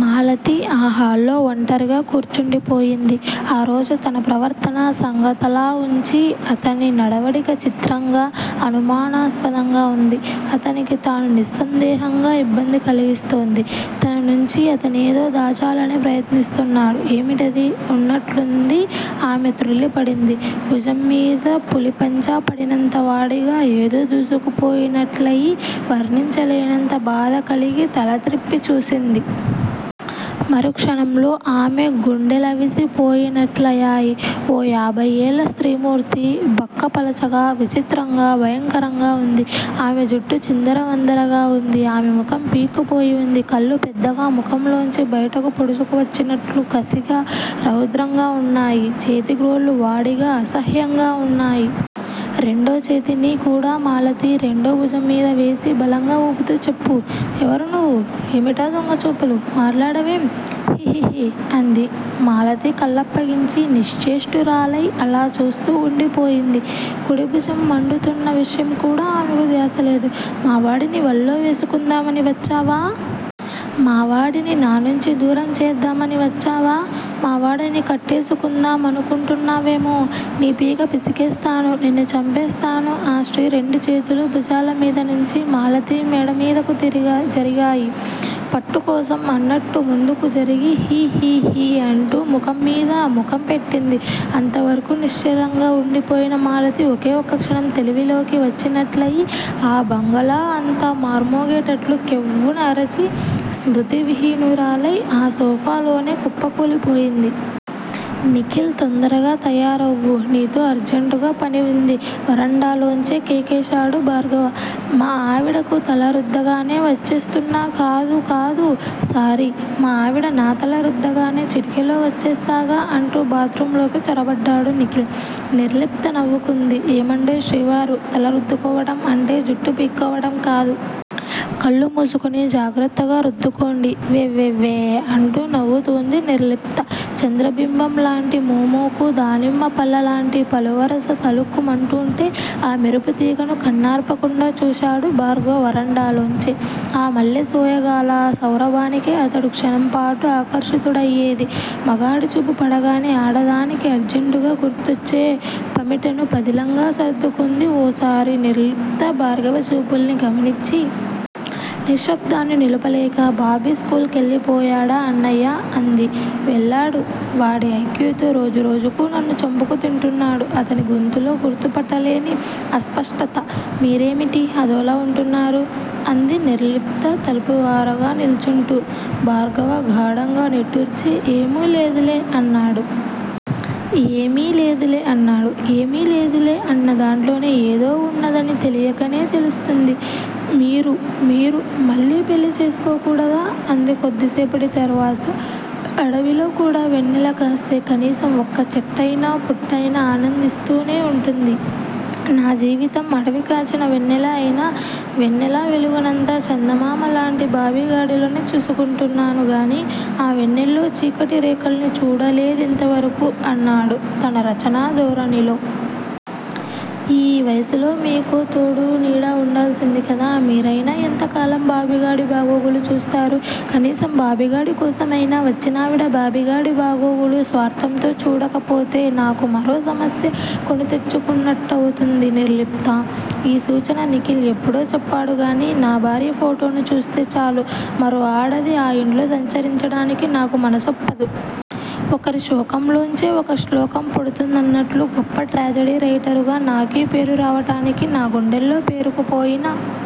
మాలతి ఆ హాల్లో ఒంటరిగా కూర్చుండిపోయింది. ఆరోజు తన ప్రవర్తన సంగతలావుంచి అతని నడవడిక చిత్రంగా, అనుమానాస్పదంగా వుంది. అతనికి తాను నిస్సందేహంగా ఇబ్బంది కలిగిస్తోంది. తననుంచి అతనేదో దాచాలని ప్రయత్నిస్తున్నాడు. ఏమిటది? ఉన్నట్లుంది ఆమె త్రుళ్ళిపడింది. భుజంమీద పులిపంజా పడినంత వాడిగా ఏదో దూసుకుపోయినట్లయి, వర్ణించలేనంత బాధ కలిగి తల త్రిప్పి చూసింది. మరు క్షణంలో ఆమె గుండెలవిసి పోయినట్లయాయి. ఓ ఏభై ఏళ్ళ స్త్రీ మూర్తి, బక్క పలచగా, విచిత్రంగా, భయంకరంగా వుంది. ఆమె జుట్టు చిందరవందరగా వుంది. ఆమెముఖం పీక్కుపోయి వుంది. కళ్ళు పెద్దగా ముఖంలోంచి బయటకు పొడుచుకు వచ్చినట్లు కసిగా, రౌద్రంగా వున్నాయి. చేతిగ్రోళ్ళు వాడిగా, అసహ్యంగా వున్నాయి. రెండోచేతిని కూడా మాలతి రెండో భుజంమీద వేసి బలంగా ఊపుతూ చెప్పు? ఎవరు నువ్వు? ఏమిటా దొంగ చూపులు? మాట్లాడవేం? హిహిహి అంది. మాలతి కళ్ళప్పగించి నిశ్చేష్టురాలై అలా చూస్తూ వుండిపోయింది. కుడి భుజం మండుతున్న విషయంకూడా ఆమెకు ధ్యాసలేదు. మావాడిని వల్లో వేసుకుందామని వచ్చావా? మావాడిని నానుంచి దూరం చేద్దామని వచ్చావా? మావాడిని కట్టేసుకుందామనుకుంటున్నావేమో? నీ పీక పిసికేస్తాను, నిన్ను చంపేస్తాను. ఆ స్త్రీ రెండుచేతులూ భుజాలమీద నుంచి మాలతి మెడమీదకు తిరిగాయి జరిగాయి. పట్టుకోసం అన్నట్టు ముందుకు జరిగి హీహీహీ అంటూ ముఖంమీద ముఖం పెట్టింది. అంతవరకూ నిశ్చలంగా వుండిపోయిన మాలతి ఒకే ఒక్క క్షణం తెలివిలోకి వచ్చినట్లుయి ఆ బంగళా అంతా మార్మోగేటట్లు కెవ్వున అరచి, స్మృతి విహీనురాలై ఆ సోఫాలోనే కుప్పకూలిపోయింది. నిఖిల్ తొందరగా తయారవ్వు. నీతో అర్జంటుగా పని వుంది వరండాలోంచే కేకేశాడు భార్గవ. మా ఆవిడకు తల రుద్దగానే వచ్చేస్తున్నా కాదు కాదు సారీ! మా ఆవిడ నా తల రుద్దగానే చిటికెలో వచ్చేస్తాగా అంటూ బాత్రూంలోకి చొరబడ్డాడు నిఖిల్. నిర్లిప్త నవ్వుకుంది. ఏమండోయ్ శ్రీవారూ తల రుద్దుకోవటం అంటే, జుట్టు పీక్కోవటం కాదు. కళ్ళు మూసుకుని జాగ్రత్తగా రుద్దుకోండి వ్వెవ్వెవ్వే అంటూ నవ్వుతూంది నిర్లిప్త. చంద్రబింబం లాంటి మోముకు దానిమ్మ పళ్ళలాంటి పలువరస తళుక్కుమంటూంటే ఆ మెరుపు తీగను కన్నార్పకుండా చూశాడు భార్గవ వరండాలోంచే. ఆ మల్లె సోయగాల, సౌరభానికే అతడు 'క్షణం పాటు' ఆకర్షితుడయ్యేది. మగాడి చూపు పడగానే ఆడదానికి అర్జంటుగా గుర్తొచ్చే పమిటను పదిలంగా సర్దుకుంది ఓసారి నిర్లిప్త భార్గవ చూపుల్ని గమనించి. నిశ్శబ్దాన్ని నిలుపలేక బాబీ స్కూల్ కెళ్ళిపోయాడా అన్నయ్యా? అంది. వెళ్ళాడు. వాడి ఐక్యూతో రోజు రోజుకూ నన్ను చంపుకు తింటున్నాడు అతని గొంతులో గుర్తుపట్టలేని అస్పష్టత. మీరేమిటీ అదోలా వుంటున్నారు? అంది నిర్లిప్త తలుపు వారగా నిల్చుంటూ. భార్గవ గాఢంగా నిట్టూర్చి ఏమో లేదులే అన్నాడు. ఏమీ లేదులే అన్నాడు. ఏమీ లేదులే అన్న దాంట్లోనే ఏదో వున్నదని తెలియకనే తెలుస్తుంది. మీరు_మీరు మళ్ళీ పెళ్ళి చేసుకోకూడదా? అంది కొద్దిసేపటి తర్వాత. అడవిలో కూడా వెన్నెల కాస్తే కనీసం ఒక్క చెట్టయినా, పుట్టయినా ఆనందిస్తూనే వుంటుంది. నా జీవితం అడవికాచిన వెన్నెలే అయినా, వెన్నెల వెలుగునంతా చందమామలాంటి బాబిగాడిలోనే చూసుకుంటున్నాను గాని, ఆ వెన్నెల్లో చీకటిరేఖల్ని చూడలేదింతవరకూ అన్నాడు తన రచనా ధోరణిలో. ఈ వయసులో మీకో తోడూ నీడా వుండాల్సింది కదా, మీరయినా ఎంతకాలం బాబిగాడి బాగోగులు చూస్తారు. కనీసం బాబిగాడి కోసమైనా వచ్చినావిడ బాబిగాడి బాగోగులు స్వార్ధంతో చూడకపోతే నాకు మరో సమస్య కొనితెచ్చుకున్నట్టవుతుంది నిర్లిప్తా! ఈ సూచన నిఖిల్ ఎప్పుడో చెప్పాడుగాని, నా భార్య ఫోటోను చూస్తే చాలు మరో ఆడది ఆ ఇంట్లో సంచరించడానికి నాకు మనసొప్పదు. ఒకరి శోకంలోంచే ఒక శ్లోకం పుడుతుందన్నట్లు గొప్ప ట్రాజెడీ రైటరుగా నాకీ పేరు రావటానికి నా గుండెల్లో పేరుకుపోయిన